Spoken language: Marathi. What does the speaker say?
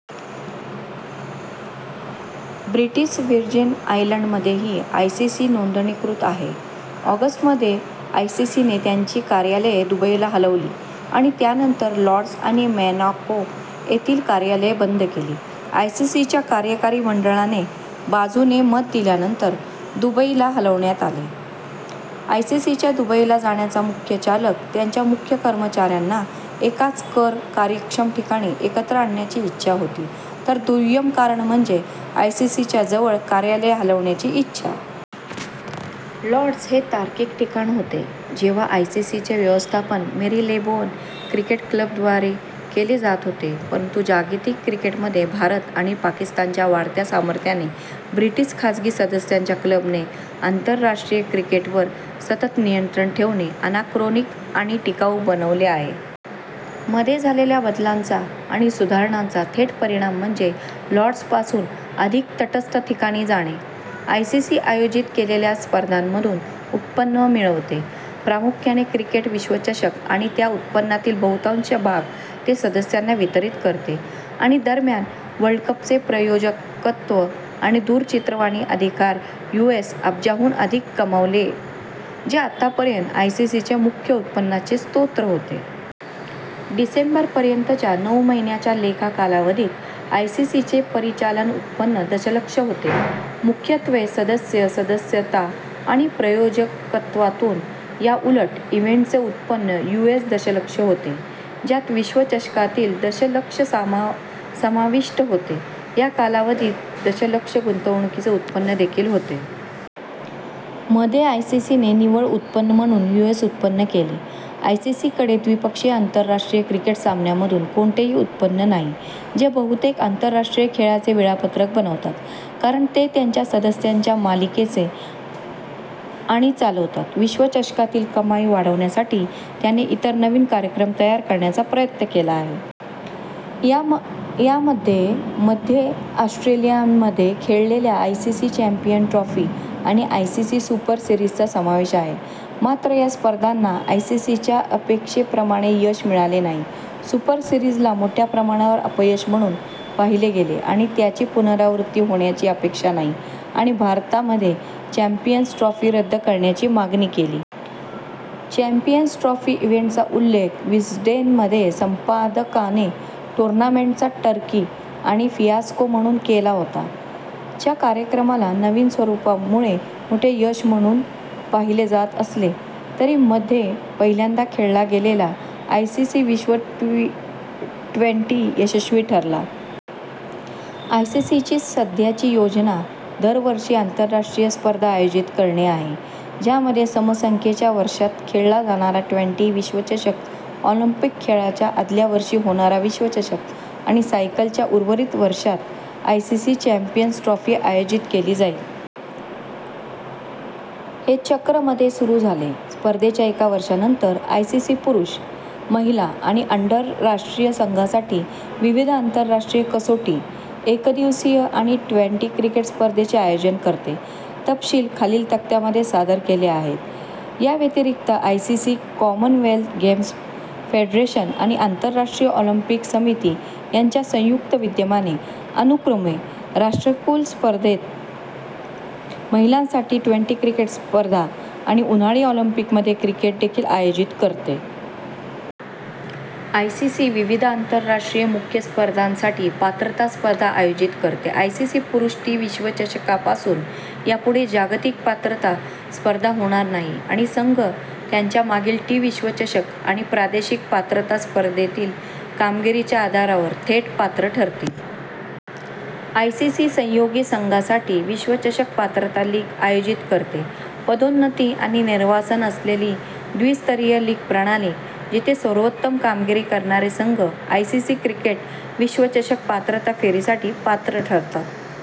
ब्रिटिश व्हर्जिन आयलंडमध्येही आयसीसी नोंदणीकृत आहे. ऑगस्ट मध्ये, आयसीसीने त्यांची कार्यालये दुबईला हलवली आणि त्यानंतर लॉर्ड्स आणि मोनॅको येथील कार्यालये बंद केली. आयसीसीच्या कार्यकारी मंडळाने बाजूने - मत दिल्यानंतर दुबईला हलविण्यात आले.। आयसीसीच्या दुबईला जाण्याचा मुख्य चालक त्याच्या मुख्य कर्मचाऱ्यांना एकाच कर-कार्यक्षम ठिकाणी एकत्र आणण्याची इच्छा होती, तर दुय्यम कारण म्हणजे आयसीसीच्या जवळ कार्यालये हलवण्याची इच्छा. लॉर्ड्स हे तार्किक ठिकाण होते जेव्हा आयसीसीचे व्यवस्थापन मेरीलेबोन क्रिकेट क्लब द्वारे केले जात होते. परंतु जागतिक क्रिकेटमध्ये भारत आणि पाकिस्तानच्या वाढत्या सामर्थ्याने ब्रिटिश खाजगी सदस्यांच्या क्लबने आंतरराष्ट्रीय क्रिकेटवर सतत नियंत्रण ठेवणे अनाक्रोनिक आणि टिकाऊ बनवले आहे. मध्ये झालेल्या बदलांचा आणि सुधारणांचा थेट परिणाम म्हणजे लॉर्ड्सपासून अधिक तटस्थ ठिकाणी जाणे. आयसीसी आयोजीत केलेल्या स्पर्धांमधून उत्पन्न मिळवते, प्रामुख्याने क्रिकेट विश्वचषक, आणि त्या उत्पन्नातील बहुतांश भाग ते सदस्यांना वितरीत करते. आणि दरम्यान वर्ल्ड कपचे प्रायोजकत्व आणि दूरचित्रवाणी अधिकार यूएस अब्जाहून अधिक कमावले, जे आतापर्यंत आयसीसीचे मुख्य उत्पन्नाचे स्रोत होते. डिसेंबर पर्यंतच्या नऊ महिन्यांच्या लेखा कालावधीत आयसीसीचे परिचालन उत्पन्न दशलक्ष होते, मुख्यत्वे सदस्य सदस्यता आणि प्रायोजकत्वातून. याउलट, इव्हेंटचे उत्पन्न यूएस दशलक्ष होते, ज्यात विश्वचषकातील दशलक्ष समाविष्ट होते. या कालावधीत दशलक्ष गुंतवणुकीचे उत्पन्न देखील होते. मध्ये आयसीसीने निव्वळ उत्पन्न म्हणून यूएस उत्पन्न केले. आयसीसीकडे द्विपक्षीय आंतरराष्ट्रीय क्रिकेट सामन्यांमधून कोणतेही उत्पन्न नाही, जे बहुतेक आंतरराष्ट्रीय खेळाचे वेळापत्रक बनवतात, कारण ते त्याच्या सदस्यांच्या मालकीचे आणि चालवतात. विश्वचषकातील कमाई वाढवण्यासाठी त्याने इतर नवीन कार्यक्रम तयार करण्याचा प्रयत्न केला आहे. यामध्ये मध्ये ऑस्ट्रेलियामध्ये खेळलेल्या आयसीसी चॅम्पियन्स ट्रॉफी आणि आयसीसी सुपर सीरिजचा समावेश आहे. मात्र, या स्पर्धांना आयसीसीच्या अपेक्षेप्रमाणे यश मिळालेले नाही. सुपर सिरीजला मोठ्या प्रमाणावर अपयश म्हणून पाहिले गेले आणि त्याची पुनरावृत्ती होण्याची अपेक्षा नाही आणि भारताने मध्ये चॅम्पियन्स ट्रॉफी रद्द करण्याची मागणी केली. चॅम्पियन्स ट्रॉफी इव्हेंटचा उल्लेख विस्डेन मध्ये संपादकाने "टूर्नामेंटचा टर्की" आणि "फियास्को" म्हणून केला होता; च्या कार्यक्रमाला नवीन स्वरूपामुळे मोठे यश म्हणून पाहिले जात असले तरी. मध्ये पहिल्यांदा खेळला गेलेला आयसीसी विश्व ट्वेंटी- यशस्वी ठरला. आयसीसीची सध्याची योजना दरवर्षी आंतरराष्ट्रीय स्पर्धा आयोजित करणे आहे, ज्यामध्ये सम संख्येच्या वर्षांत खेळला जाणारा ट्वेंटी- विश्वचषक, ऑलिम्पिक खेळांच्या आदल्या वर्षी होणारा विश्वचषक आणि सायकलच्या उर्वरित वर्षात आयसीसी चॅम्पियन्स ट्रॉफी आयोजित केली जाईल. हे चक्र मध्ये सुरू झाले, स्पर्धेच्या एका वर्षानंतर. आयसीसी पुरुष, महिला आणि अंडर- राष्ट्रीय संघांसाठी विविध आंतरराष्ट्रीय कसोटी, एकदिवसीय आणि ट्वेन्टी- क्रिकेट स्पर्धांचे आयोजन करते. तपशील खालील तक्त्यामध्ये सादर केले आहेत: याव्यतिरिक्त, आयसीसी कॉमनवेल्थ गेम्स फेडरेशन आणि आंतरराष्ट्रीय ऑलिम्पिक समिती यांच्या संयुक्त विद्यमाने अनुक्रमे राष्ट्रकुल स्पर्धेत महिलांसाठी ट्वेंटी- क्रिकेट स्पर्धा आणि उन्हाळी ऑलिंपिकमध्ये क्रिकेट देखील आयोजित करते. आयसीसी विविध आंतरराष्ट्रीय मुख्य स्पर्धांसाठी पात्रता स्पर्धा आयोजित करते. आयसीसी पुरुष टी- विश्वचषकपासून, यापुढे जागतिक पात्रता स्पर्धा होणार नाही आणि संघ त्यांच्या मागील टी- विश्वचषक आणि प्रादेशिक पात्रता स्पर्धेतील कामगिरीच्या आधारावर थेट पात्र ठरतील. आयसीसी सहयोगी संघांसाठी विश्वचषक पात्रता लीग आयोजित करते. पदोन्नती आणि निर्वासन असलेली द्वि-स्तरीय लीग प्रणाली जिथे सर्वोत्तम कामगिरी करणारे संघ आयसीसी क्रिकेट विश्वचषक पात्रता फेरीसाठी पात्र ठरतात.